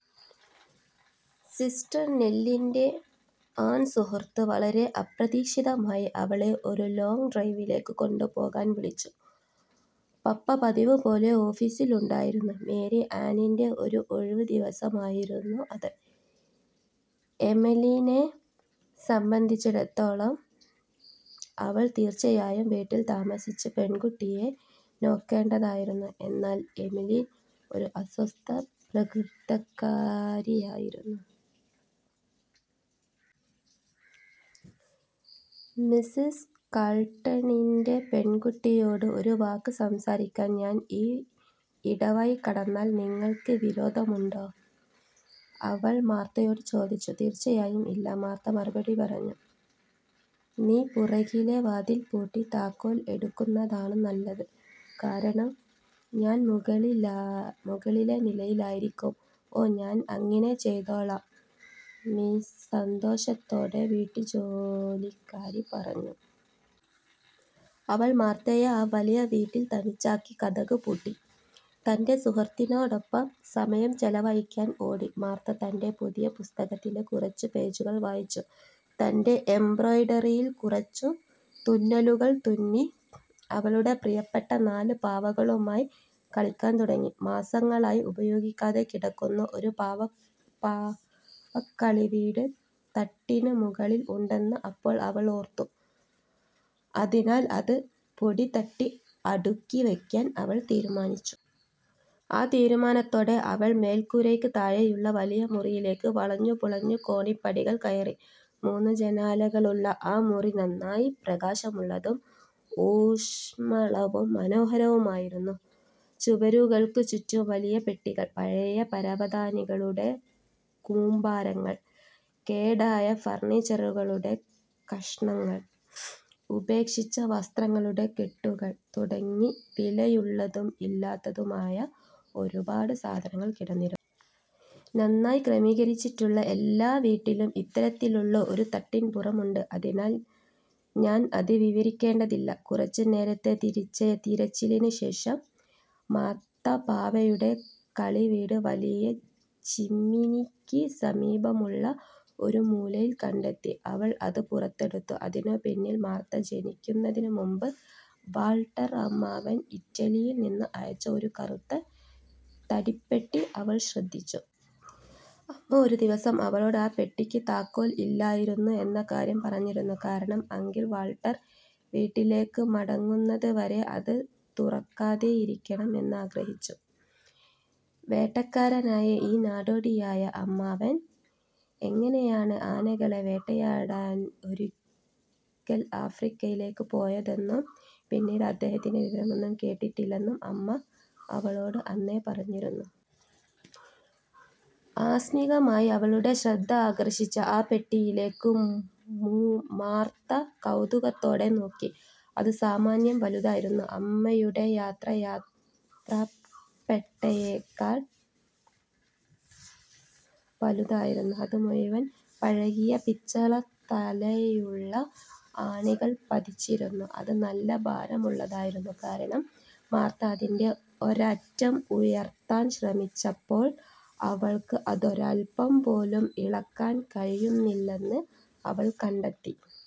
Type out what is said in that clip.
Sister നെല്ലിൻ്റെ ആൺസുഹൃത്ത് വളരെ അപ്രതീക്ഷിതമായി അവളെ ഒരു ലോംഗ് ഡ്രൈവിലേക്ക് കൊണ്ടുപോകാൻ വിളിച്ചു. പപ്പ പതിവുപോലെ ഓഫീസിൽ ഉണ്ടായിരുന്നു. മേരി ആനിൻ്റെ ഒരു ഒഴിവ് ദിവസം ആയിരുന്നു അത്. എമെലീനെ സംബന്ധിച്ചിടത്തോളം, അവൾ തീർച്ചയായും വീട്ടിൽ താമസിച്ച് പെൺകുട്ടിയെ നോക്കേണ്ടതായിരുന്നു; എന്നാൽ എമെലിൻ ഒരു അസ്വസ്ഥ പ്രകൃതക്കാരിയായിരുന്നു. "മിസ്സിസ് കാൾട്ടണിൻ്റെ പെൺകുട്ടിയോട് ഒരു വാക്ക് സംസാരിക്കാൻ ഞാൻ ഈ ഇടവഴി കടന്നാൽ നിങ്ങൾക്ക് വിരോധമുണ്ടോ? " അവൾ മാർത്തയോട് ചോദിച്ചു. "തീർച്ചയായും ഇല്ല," മാർത്ത മറുപടി പറഞ്ഞു. "നീ പുറകിലെ വാതിൽ പൂട്ടി താക്കോൽ എടുക്കുന്നതാണ് നല്ലത്, കാരണം ഞാൻ മുകളിലെ നിലയിലായിരിക്കും. " "ഓ, ഞാൻ അങ്ങിനെ ചെയ്തോളാം, മിസ്സ്," സന്തോഷത്തോടെ വീട്ടുജോലിക്കാരി പറഞ്ഞു. അവൾ മാർത്തയെ ആ വലിയ വീട്ടിൽ തനിച്ചാക്കി, കതക് പൂട്ട,ി തൻ്റെ സുഹൃത്തിനോടൊപ്പം സമയം ചെലവഴിക്കാൻ ഓടി. മാർത്ത തൻ്റെ പുതിയ പുസ്തകത്തിലെ കുറച്ച് പേജുകൾ വായിച്ചു, തൻ്റെ എംബ്രോയ്ഡറിയിൽ കുറച്ച് തുന്നലുകൾ തുന്നി, അവളുടെ പ്രിയപ്പെട്ട നാല് പാവകളുമായി കളിക്കാൻ തുടങ്ങി. മാസങ്ങളായി ഉപയോഗിക്കാതെ കിടക്കുന്ന ഒരു പാവക്കളിവീട് തട്ടിന് മുകളിൽ ഉണ്ടെന്ന് അപ്പോൾ അവൾ ഓർത്തു, അതിനാൽ അത് പൊടിതട്ടി അടുക്കി വയ്ക്കാൻ അവൾ തീരുമാനിച്ചു. ആ തീരുമാനത്തോടെ അവൾ മേൽക്കൂരയ്ക്ക് താഴെയുള്ള വലിയ മുറിയിലേക്ക് വളഞ്ഞുപുളഞ്ഞ കോണിപ്പടികൾ കയറി. മൂന്ന് ജനാലകളുള്ള ആ മുറി നന്നായി പ്രകാശമുള്ളതും ഊഷ്മളവും മനോഹരവുമായിരുന്നു. ചുവരുകൾക്ക് ചുറ്റും വലിയ പെട്ടികൾ, പഴയ പരവതാനികളുടെ കൂമ്പാരങ്ങൾ, കേടായ ഫർണിച്ചറുകളുടെ കഷണങ്ങൾ, ഉപേക്ഷിച്ച വസ്ത്രങ്ങളുടെ കെട്ടുകൾ, തുടങ്ങി വിലയുള്ളതും ഇല്ലാത്തതുമായ ഒരു പാട് സാധനങ്ങൾ കിടന്നിരുന്നു. നന്നായി ക്രമീകരിച്ചിട്ടുള്ള എല്ലാ വീട്ടിലും ഇത്തരത്തിലുള്ള ഒരു തട്ടിൻപുറം ഉണ്ട്, അതിനാൽ ഞാൻ അത് വിവരിക്കേണ്ടതില്ല. കുറച്ച് നേരത്തെ തിരച്ചിലിന് ശേഷം മാർത്ത പാവയുടെ കളി വീട് വലിയ ചിമ്മിനിക്ക് സമീപമുള്ള ഒരു മൂലയിൽ കണ്ടെത്തി. അവൾ അത് പുറത്തെടുത്തു, അതിനു പിന്നിൽ മാർത്ത ജനിക്കുന്നതിന് മുമ്പ് വാൾട്ടർ അമ്മാവൻ ഇറ്റലിയിൽ നിന്ന് അയച്ച ഒരു കറുത്ത തടിപ്പെട്ടി അവൾ ശ്രദ്ധിച്ചു. അമ്മ ഒരു ദിവസം അവളോട് ആ പെട്ടിക്ക് താക്കോൽ ഇല്ലായിരുന്നു എന്ന കാര്യം പറഞ്ഞിരുന്നു., കാരണം അങ്കിൾ വാൾട്ടർ വീട്ടിലേക്ക് മടങ്ങുന്നത് വരെ അത് തുറക്കാതെയിരിക്കണം എന്ന് ആഗ്രഹിച്ചു. വേട്ടക്കാരനായ ഈ നാടോടിയായ അമ്മാവൻ എങ്ങനെയാണ് ആനകളെ വേട്ടയാടാൻ ഒരിയ്ക്കൽ ആഫ്രിക്കയിലേക്ക് പോയതെന്നും പിന്നീട് അദ്ദേഹത്തിന്റെ വിവരമൊന്നും കേട്ടിട്ടില്ലെന്നും അമ്മ അവലോട് അന്നേ പറഞ്ഞിരുന്നു. ആകസ്മികമായി അവളുടെ ശ്രദ്ധ ആകർഷിച്ച ആ പെട്ടിയിലേക്ക് മാർത്ത കൗതുകത്തോടെ നോക്കി. അത് സാമാന്യം വലുതായിരുന്നു—അമ്മയുടെ യാത്രാ യാത്രപ്പെട്ടയേക്കാൾ വലുതായിരുന്നു. അത് മുഴുവൻ പഴകിയ പിച്ചളത്തലയുള്ള ആണികൾ പതിച്ചിരുന്നു. അത് നല്ല ഭാരമുള്ളതായിരുന്നു, കാരണം, മാർത്ത അതിൻ്റെ ഒരറ്റം ഉയർത്താൻ ശ്രമിച്ചപ്പോൾ അവൾക്ക് അതൊരഅൽപ്പം പോലും ഇളക്കാൻ കഴിയുന്നില്ലെന്ന് അവൾ കണ്ടെത്തി.